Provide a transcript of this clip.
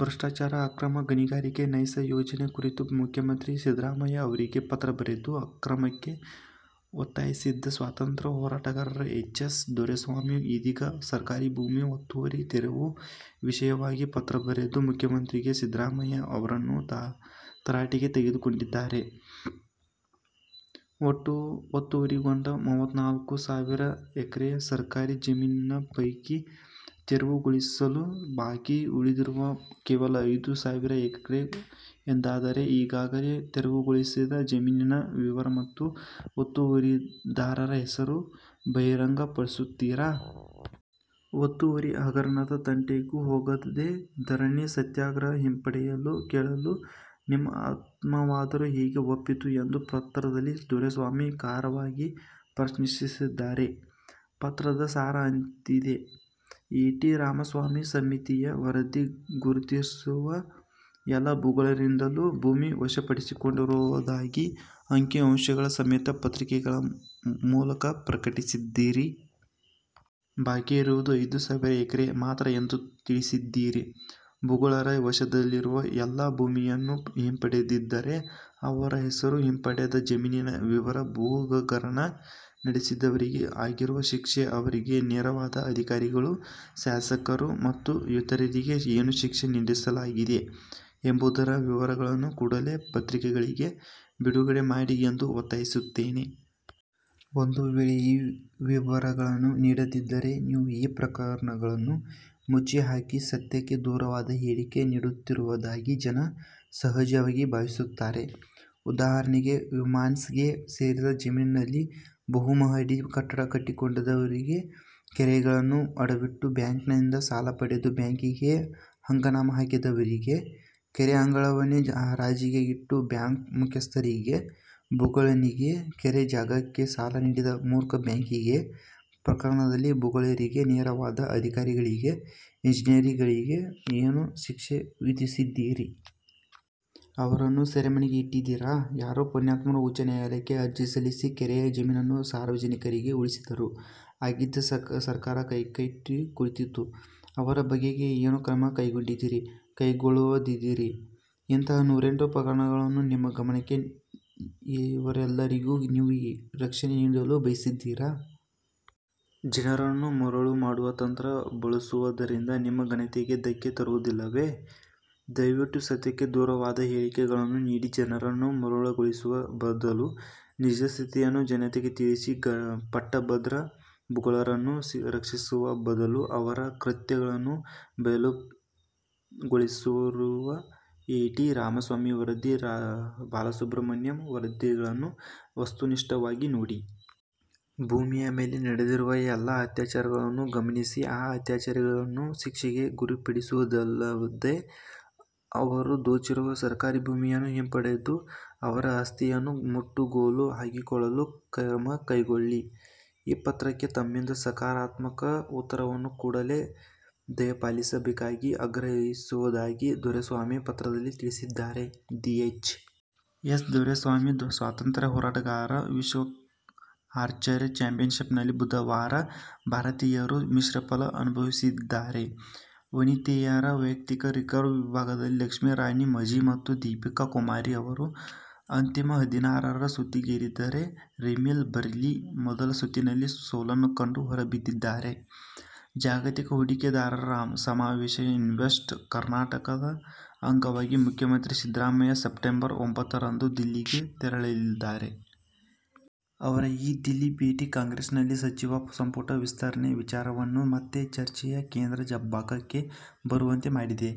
ಭ್ರಷ್ಟಾಚಾರ, ಅಕ್ರಮ ಗಣಿಗಾರಿಕೆ, ನೈಸ್ ಯೋಜನೆ ಕುರಿತು ಮುಖ್ಯಮಂತ್ರಿ ಸಿದ್ದರಾಮಯ್ಯ ಅವರಿಗೆ ಪತ್ರ ಬರೆದು ಕ್ರಮಕ್ಕೆ ಒತ್ತಾಯಿಸಿದ್ದ ಸ್ವಾತಂತ್ರ್ಯ ಹೋರಾಟಗಾರ ಎಚ್. ಎಸ್. ದೊರೆಸ್ವಾಮಿ, ಇದೀಗ ಸರ್ಕಾರಿ ಭೂಮಿ ಒತ್ತುವರಿ ತೆರವು ವಿಷಯವಾಗಿ ಪತ್ರ ಬರೆದು ಮುಖ್ಯಮಂತ್ರಿ ಸಿದ್ದರಾಮಯ್ಯ ಅವರನ್ನು ತರಾಟೆಗೆ ತೆಗೆದುಕೊಂಡಿದ್ದಾರೆ. ಒಟ್ಟು ಒತ್ತುವರಿಗೊಂಡ ಮೂವತ್ನಾಲ್ಕು ಸಾವಿರ ಎಕರೆ ಸರ್ಕಾರಿ ಜಮೀನಿನ ಪೈಕಿ ತೆರವುಗೊಳಿಸಲು ಬಾಕಿ ಉಳಿದಿರುವುದು ಕೇವಲ ಐದು ಸಾವಿರ ಎಕರೆ ಎಂದಾದರೆ, ಈಗಾಗಲೇ ತೆರವುಗೊಳಿಸಿದ ಜಮೀನಿನ ವಿವರ ಮತ್ತು ಒತ್ತುವರಿದಾರರ ಹೆಸರು ಬಹಿರಂಗಪಡಿಸುತ್ತೀರಾ? ಒತ್ತುವರಿ ಹಗರಣದ ತಂಟೆಗೂ ಹೋಗದೆ ಧರಣಿ ಸತ್ಯಾಗ್ರಹ ಹಿಂಪಡೆಯಲು ಕೇಳಲು ನಿಮ್ಮ ಆತ್ಮವಾದರೂ ಹೇಗೆ ಒಪ್ಪಿತು ಎಂದು ಪತ್ರದಲ್ಲಿ ದೊರೆಸ್ವಾಮಿ ಖಾರವಾಗಿ ಪ್ರಶ್ನಿಸಿದ್ದಾರೆ. ಪತ್ರದ ಸಾರ ಇಂತಿದೆ: ಎ. ಟಿ. ರಾಮಸ್ವಾಮಿ ಸಮಿತಿಯ ವರದಿ ಗುರುತಿಸಿರುವ ಎಲ್ಲ ಭೂಗಳ್ಳರಿಂದಲೂ ಭೂಮಿ ವಶಪಡಿಸಿಕೊಂಡಿರುವುದಾಗಿ ಅಂಕಿ-ಅಂಶಗಳ ಸಮೇತ ಪತ್ರಿಕೆಗಳ ಮೂಲಕ ಪ್ರಕಟಿಸಿದ್ದೀರಿ. ಬಾಕಿ ಇರುವುದು ಐದು ಸಾವಿರ ಎಕರೆ ಮಾತ್ರ ಎಂದು ತಿಳಿಸಿದ್ದೀರಿ. ಭೂಗಳ್ಳರ ವಶದಲ್ಲಿರುವ ಎಲ್ಲ ಭೂಮಿಯನ್ನೂ ಹಿಂಪಡೆದಿದ್ದರೆ ಅವರ ಹೆಸರು, ಹಿಂಪಡೆದ ಜಮೀನಿನ ವಿವರ, ಭೂಹಗರಣ ನಡೆಸಿದವರಿಗೆ ಆಗಿರುವ ಶಿಕ್ಷೆ, ಅವರಿಗೆ ನೆರವಾದ ಅಧಿಕಾರಿಗಳು, ಶಾಸಕರು ಮತ್ತು ಇತರರಿಗೆ ಏನು ಶಿಕ್ಷೆ ವಿಧಿಸಲಾಗಿದೆ ಎಂಬುದರ ವಿವರಗಳನ್ನು ಕೂಡಲೆ ಪತ್ರಿಕೆಗಳಿಗೆ ಬಿಡುಗಡೆ ಮಾಡಿ ಎಂದು ಒತ್ತಾಯಿಸುತ್ತೇನೆ. ಒಂದು ವೇಳೆ ಈ ವಿವರಗಳನ್ನು ನೀಡದಿದ್ದರೆ ನೀವು ಈ ಪ್ರಕರಣಗಳನ್ನು ಮುಚ್ಚಿ ಹಾಕಿ, ಸತ್ಯಕ್ಕೆ ದೂರವಾದ ಹೇಳಿಕೆ ನೀಡುತ್ತಿರುವುದಾಗಿ ಜನ ಸಹಜವಾಗಿ ಭಾವಿಸುತ್ತಾರೆ. ಉದಾಹರಣೆಗೆ, ನಿಮ್ಹಾನ್ಸ್ಗೆ ಸೇರಿದ ಜಮೀನಿನಲ್ಲಿ ಬಹುಮಹಡಿ ಕಟ್ಟಡ ಕಟ್ಟಿಕೊಂಡವರಿಗೆ, ಕೆರೆಗಳನ್ನು ಅಡವಿಟ್ಟು ಬ್ಯಾಂಕಿನಿಂದ ಸಾಲಪಡೆದು, ಬ್ಯಾಂಕಿಗೆ ಪಂಗನಾಮ ಹಾಕಿದವರಿಗೆ, ಕೆರೆ ಅಂಗಳವನ್ನೇ ಹರಾಜಿಗೆ ಇಟ್ಟ ಬ್ಯಾಂಕ್ ಮುಖ್ಯಸ್ಥರಿಗೆ, ಭೂಗಳ್ಳನಿಗೆ, ಕೆರೆ ಜಾಗಕ್ಕೆ ಸಾಲ ನೀಡಿದ ಮೂರ್ಖ ಬ್ಯಾಂಕಿಗೆ, ಪ್ರಕರಣದಲ್ಲಿ ಭೂಗಳ್ಳರಿಗೆ ನೆರವಾದ ಅಧಿಕಾರಿಗಳಿಗೆ, ಇಂಜಿನಿಯರ್ಗಳಿಗೆ ಏನು ಶಿಕ್ಷೆ ವಿಧಿಸಿದ್ದೀರಿ? ಅವರನ್ನು ಸೆರೆಮನೆಗೆ ಅಟ್ಟಿದ್ದೀರಾ? ಯಾರೋ ಪುಣ್ಯಾತ್ಮರು ಉಚ್ಚ ನ್ಯಾಯಾಲಯಕ್ಕೆ ಅರ್ಜಿ ಸಲ್ಲಿಸಿ, ಕೆರೆಯ ಜಮೀನನ್ನು ಸಾರ್ವಜನಿಕರಿಗೆ ಉಳಿಸಿದರು. ಆಗಿದ್ದ ಸರ್ಕಾರ ಕೈಕಟ್ಟಿ ಕೂತಿತ್ತು. ಅವರ ಬಗೆಗೆ ಏನು ಕ್ರಮ ಕೈಗೊಂಡಿದ್ದೀರಿ? ಕೈಗೊಳ್ಳುವವರಿದ್ದೀರಿ? ಇಂತಹ ನೂರೆಂಟು ಪ್ರಕರಣಗಳನ್ನು ನಿಮ್ಮ ಗಮನಕ್ಕೆ, ಇವರೆಲ್ಲರಿಗೂ ನೀವು ರಕ್ಷಣೆ ನೀಡಲು ಬಯಸಿದ್ದೀರಾ? ಜನರನ್ನು ಮರುಳು ಮಾಡುವ ತಂತ್ರ ಬಳಸುವುದರಿಂದ ನಿಮ್ಮ ಘನತೆಗೆ ಧಕ್ಕೆ ತರುವುದಿಲ್ಲವೇ? ದಯವಿಟ್ಟು ಸತ್ಯಕ್ಕೆ ದೂರವಾದ ಹೇಳಿಕೆ ಗಳನ್ನು ನೀಡಿ ಜನರನ್ನು ಮರುಳುಗೊಳಿಸುವ ಬದಲು, ನಿಜಸ್ಥಿತಿಯನ್ನು ಜನತೆಗೆ ತಿಳಿಸಿ. ಪಟ್ಟಭದ್ರ ಭೂಗಳ್ಳರನ್ನು ರಕ್ಷಿಸುವ ಬದಲು, ಅವರ ಕೃತ್ಯಗಳನ್ನು ಬಯಲುಗೊಳಿಸಿರುವ ಎ. ಟಿ. ರಾಮಸ್ವಾಮಿ ವರದಿ, ಬಾಲಸುಬ್ರಹ್ಮಣ್ಯಂ ವರದಿಗಳನ್ನು ವಸ್ತುನಿಷ್ಠವಾಗಿ ನೋಡಿ. ಭೂಮಿಯ ಮೇಲೆ ನಡೆದಿರುವ ಎಲ್ಲ ಅತ್ಯಾಚಾರಗಳನ್ನೂ ಗಮನಿಸಿ ಆ ಅತ್ಯಾಚಾರಿಗಳನ್ನು ಶಿಕ್ಷೆಗೆ ಗುರಿಪಡಿಸುವುದಲ್ಲದೆ, ಅವರು ದೋಚಿರುವ ಸರ್ಕಾರಿ ಭೂಮಿಯನ್ನು ಹಿಂಪಡೆದು ಅವರ ಆಸ್ತಿಯನ್ನು ಮುಟ್ಟುಗೋಲು ಹಾಕಿಕೊಳ್ಳಲು ಕ್ರಮಕೈಗೊಳ್ಳಿ. ಈ ಪತ್ರಕ್ಕೆ ತಮ್ಮಿಂದ ಸಕಾರಾತ್ಮಕ ಉತ್ತರವನ್ನು ಕೂಡಲೇ ದಯಪಾಲಿಸಬೇಕಾಗಿ ಆಗ್ರಹಿಸುವುದಾಗಿ ದೊರೆಸ್ವಾಮಿ ಪತ್ರದಲ್ಲಿ ತಿಳಿಸಿದ್ದಾರೆ. ಧಿ- ಎಚ್. ಎಸ್. ದೊರೆಸ್ವಾಮಿ ಸ್ವಾತಂತ್ರ್ಯ ಹೋರಾಟಗಾರ ವಿಶ್ವ ಆರ್ಚರಿ ಚಾಂಪಿಯನ್ಶಿಪ್ನಲ್ಲಿ ಬುಧವಾರ ಭಾರತೀಯರು ಮಿಶ್ರಫಲ ಅನುಭವಿಸಿದ್ದಾರೆ. ವನಿತೆಯರ ವೈಯಕ್ತಿಕ ರಿಕರ್ವ್ ವಿಭಾಗದಲ್ಲಿ ಲಕ್ಷ್ಮೀರಾಣಿ ಮಜ್ಹಿ ಮತ್ತು ದೀಪಿಕಾ ಕುಮಾರಿ ಅವರು ಅಂತಿಮ ಹದಿನಾರರ ಸುತ್ತಿಗೇರಿದರೆ ರಿಮಿಲ್ ಬರೀಲಿ ಮೊದಲ ಸುತ್ತಿನಲ್ಲಿ ಸೋಲನ್ನು ಕಂಡು ಹೊರಬಿದ್ದಿದ್ದಾರೆ. ಜಾಗತಿಕ ಹೂಡಿಕೆದಾರರ ಸಮಾವೇಶ ಇನ್ವೆಸ್ಟ್ ಕರ್ನಾಟಕದ ಅಂಗವಾಗಿ ಮುಖ್ಯಮಂತ್ರಿ ಸಿದ್ದರಾಮಯ್ಯ ಸೆಪ್ಟಂಬರ್ ಒಂಬತ್ತರಂದು ದಿಲ್ಲಿಗೆ ತೆರಳಲಿದ್ದಾರೆ. ಅವರ ಈ ದಿಲ್ಲಿ ಭೇಟಿ ಕಾಂಗ್ರೆಸ್ನಲ್ಲಿ ಸಚಿವ ಸಂಪುಟ ವಿಸ್ತರಣೆ ವಿಚಾರವನ್ನು ಮತ್ತೆ ಚರ್ಚೆಯ ಕೇಂದ್ರ ಭಾಗಕ್ಕೆ ಬರುವಂತೆ ಮಾಡಿದೆ.